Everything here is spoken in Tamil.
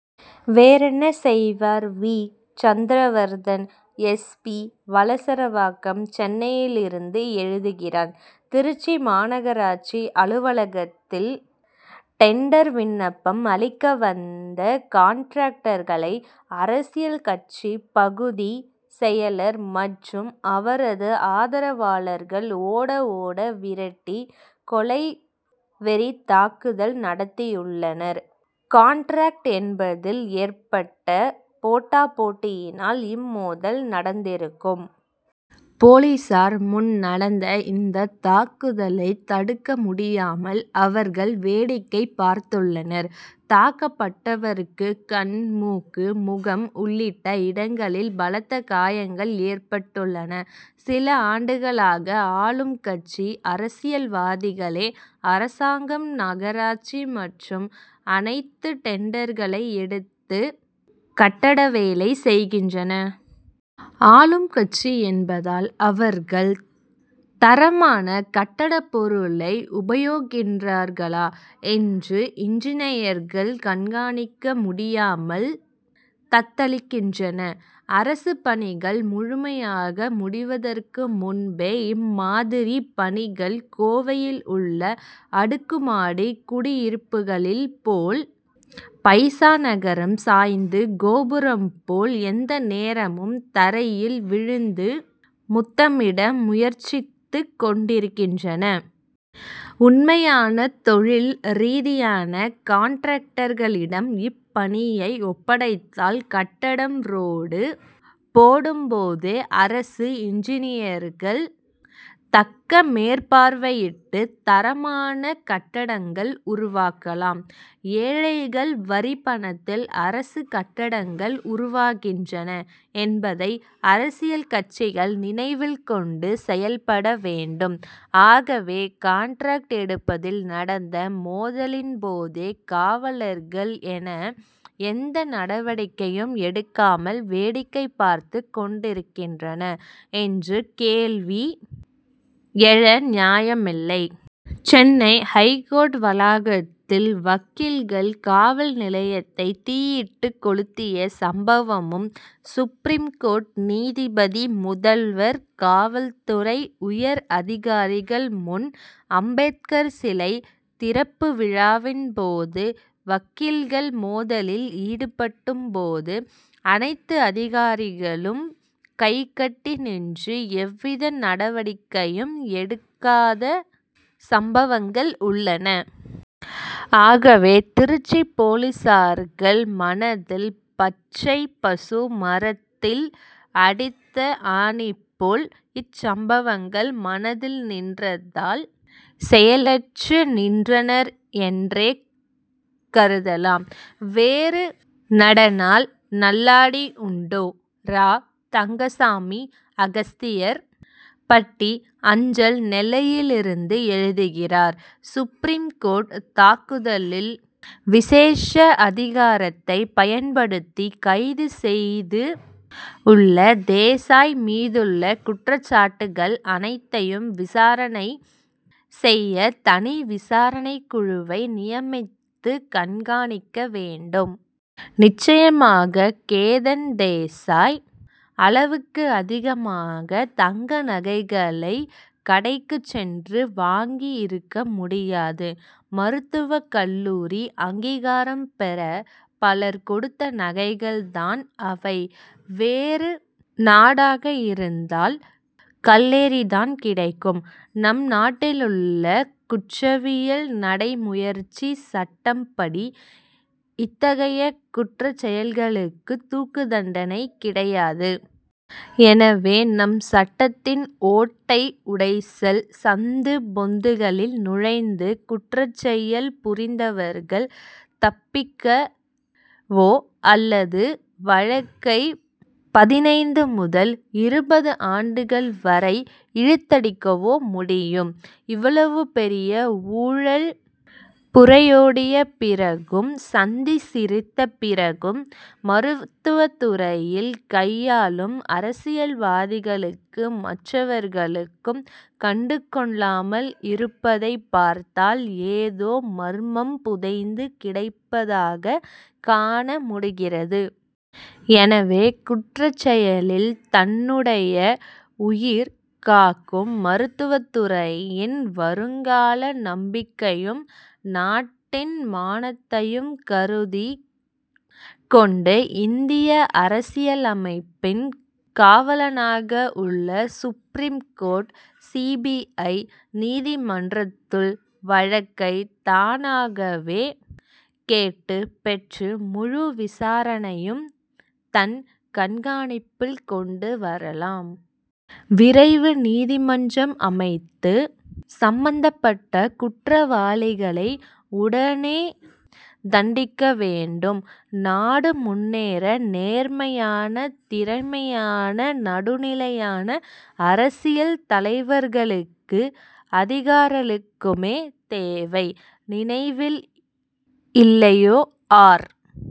வேறு என்ன செய்வர்? V. Sundaravaradan S. P. Valasaravakkam சென்னையிலிருந்து எழுதுகிறார் திருச்சி மாநகராட்சி அலுவலகத்தில் டெண்டர் விண்ணப்பம் அளிக்க வந்த கான்ட்ராக்டரை அரசியல் கட்சி பகுதி செயலர் மற்றும் அவரது ஆதரவாளர்கள் ஓட ஓட விரட்டி கொலைவெறி தாக்குதல் நடத்தியுள்ளனர். கான்ட்ராக்ட் எடுப்பதில் ஏற்பட்ட போட்டா போட்டியால் இம்மோதல் நடந்திருக்கும். போலீசார் முன் நடந்த இந்த தாக்குதலை தடுக்க முடியாமல் அவர்கள் வேடிக்கை பார்த்துள்ளனர். தாக்கப்பட்டவருக்கு கண் மூக்கு முகம் உள்ளிட்ட இடங்களில் பலத்த காயங்கள் ஏற்பட்டுள்ளன. சில ஆண்டுகளாக ஆளும் கட்சி அரசியல்வாதிகளே அரசாங்கம் நகராட்சி மற்றும் அனைத்து டெண்டர்களை எடுத்து கட்டட வேலை செய்கின்றனர். ஆளும் கட்சி என்பதால் அவர்கள் தரமான கட்டட பொருட்களை உபயோகிக்கின்றனரா என்று இன்ஜினியர்கள் கவனிக்க முடியாமல் தத்தளிக்கின்றனர். அரசு பணிகள் முழுமையாக முடிவதற்கு முன்பே இம்மாதிரிப் பணிகள் கோவையில் உள்ள அடுக்கு மாடி குடியிருப்புகள் போல் பைசா நகர சாய்ந்த கோபுரம் போல் எந்நேரமும் தரையில் விழுந்து முத்தமிட பயமுறுத்திக் கொண்டிருக்கின்றன. உண்மையான தொழில் ரீதியான கான்ட்ராக்டர்களிடம் இப்பணியை ஒப்படைத்தால் கட்டடம் ரோடு போடும் போதே அரசு இன்ஜினியர் தக்க மேற்பார்வையிட்டு தரமான கட்டடங்கள் உருவாக்கலாம். ஏழைகள் வரிப்பணத்தில் அரசு கட்டடங்கள் உருவாகின்றன என்பதை அரசியல் கட்சிகள் நினைவில் கொண்டு செயல்பட வேண்டும். ஆகவே கான்ட்ராக்ட் எடுப்பதில் நடந்த மோதலின் போது காவலர்கள் ஏன் எந்த நடவடிக்கையும் எடுக்காமல் வேடிக்கை பார்த்துக் கொண்டிருக்கின்றனர் என்ற கேள்வி எழ நியாயமில்லை. சென்னை ஐகோர்ட் வளாகத்தில் வக்கீல்கள் காவல் நிலையத்தை தீயிட்டு கொளுத்திய சம்பவமும் சுப்ரீம் கோர்ட் நீதிபதி முதல்வர் காவல்துறை உயர் அதிகாரிகள் முன் அம்பேத்கர் சிலை திறப்பு விழாவின் போது வக்கீல்கள் மோதலில் ஈடுபட்ட போது அனைத்து அதிகாரிகளும் கைகட்டி நின்று எவ்வித நடவடிக்கையும் எடுக்காத சம்பவங்கள் உள்ளன. ஆகவே திருச்சி போலீஸ்காரர்கள் மனதில் பச்சை பசு மரத்தில் அடித்த ஆணி போல் இச்சம்பவங்கள் மனதில் நின்றதால் செயலற்று நின்றனர் என்றே கருதலாம். வேறு நாடானால் கல்லடி உண்டு! ரா. தங்கசாமி அகஸ்தியர் பட்டி அஞ்சல் நெல்லையிலிருந்து எழுதுகிறார் சுப்ரீம் கோர்ட் தனக்குள்ள விசேஷ அதிகாரத்தை பயன்படுத்தி கைது செய்துள்ள கேதன் தேசாய் மீதுள்ள குற்றச் சாட்டுகள் அனைத்தையும் விசாரணை செய்ய தனி விசாரணைக் குழுவை நியமித்து கண்காணிக்க வேண்டும். நிச்சயமாக கேதன் தேசாய் அளவுக்கதிகமான தங்க நகைகளை கடைக்கு சென்று வாங்கி இருக்கவே முடியாது. மருத்துவக் கல்லூரி அங்கீகாரம் பெற பலர் கொடுத்த நகைகள் தான் அவை. வேறு நாடாக இருந்தால் கல்லெறிதான் கிடைக்கும். நம் நாட்டிலுள்ள குற்றவியல் நடைமுறைச் சட்டப்படி இத்தகைய குற்றச் செயல்களுக்கு தூக்கு தண்டனை கிடையாது. எனவே நம் சட்டத்தின் ஓட்டை உடைசல் சந்து பொந்துகளில் நுழைந்து குற்றச்செயல் புரிந்தவர்கள் தப்பிக்கவோ அல்லது வழக்கை பதினைந்து முதல் இருபது ஆண்டுகள் வரை இழுத்தடிக்கவோ முடியும். இவ்வளவு பெரிய ஊழல் புரையோடிய பிறகும் சந்தி சிரித்த பிறகும் மருத்துவத்துறையை கையாளும் அரசியல்வாதிகளும் மற்றவர்களும் கண்டு கொள்ளாமல் இருப்பதை பார்த்தால் ஏதோ மர்மம் புதைந்து கிடப்பதை காண முடிகிறது. எனவே குற்றச் செயலில் தன்னுடைய உயிர் காக்கும் மருத்துவத்துறையின் வருங்கால நம்பிக்கையும் நாட்டின் மானத்தையும் கருதி கொண்டு இந்திய அரசியலமைப்பின் காவலனாக உள்ள supreme court C. B. I. நீதிமன்றத்திலுள்ள வழக்கை தானாகவே கேட்டுப் பெற்று முழு விசாரணையையும் தன் கண்காணிப்பில் கொண்டு வரலாம். விரைவு நீதிமன்றம் அமைத்து சம்பந்தப்பட்ட குற்றவாளிகளை உடனே தண்டிக்க வேண்டும். நாடு முன்னேற நேர்மையான திறமையான நடுநிலையான அரசியல் தலைவர்களும் அதிகாரிகளுமே தேவை. நினைவில்லையோ? ஆர்.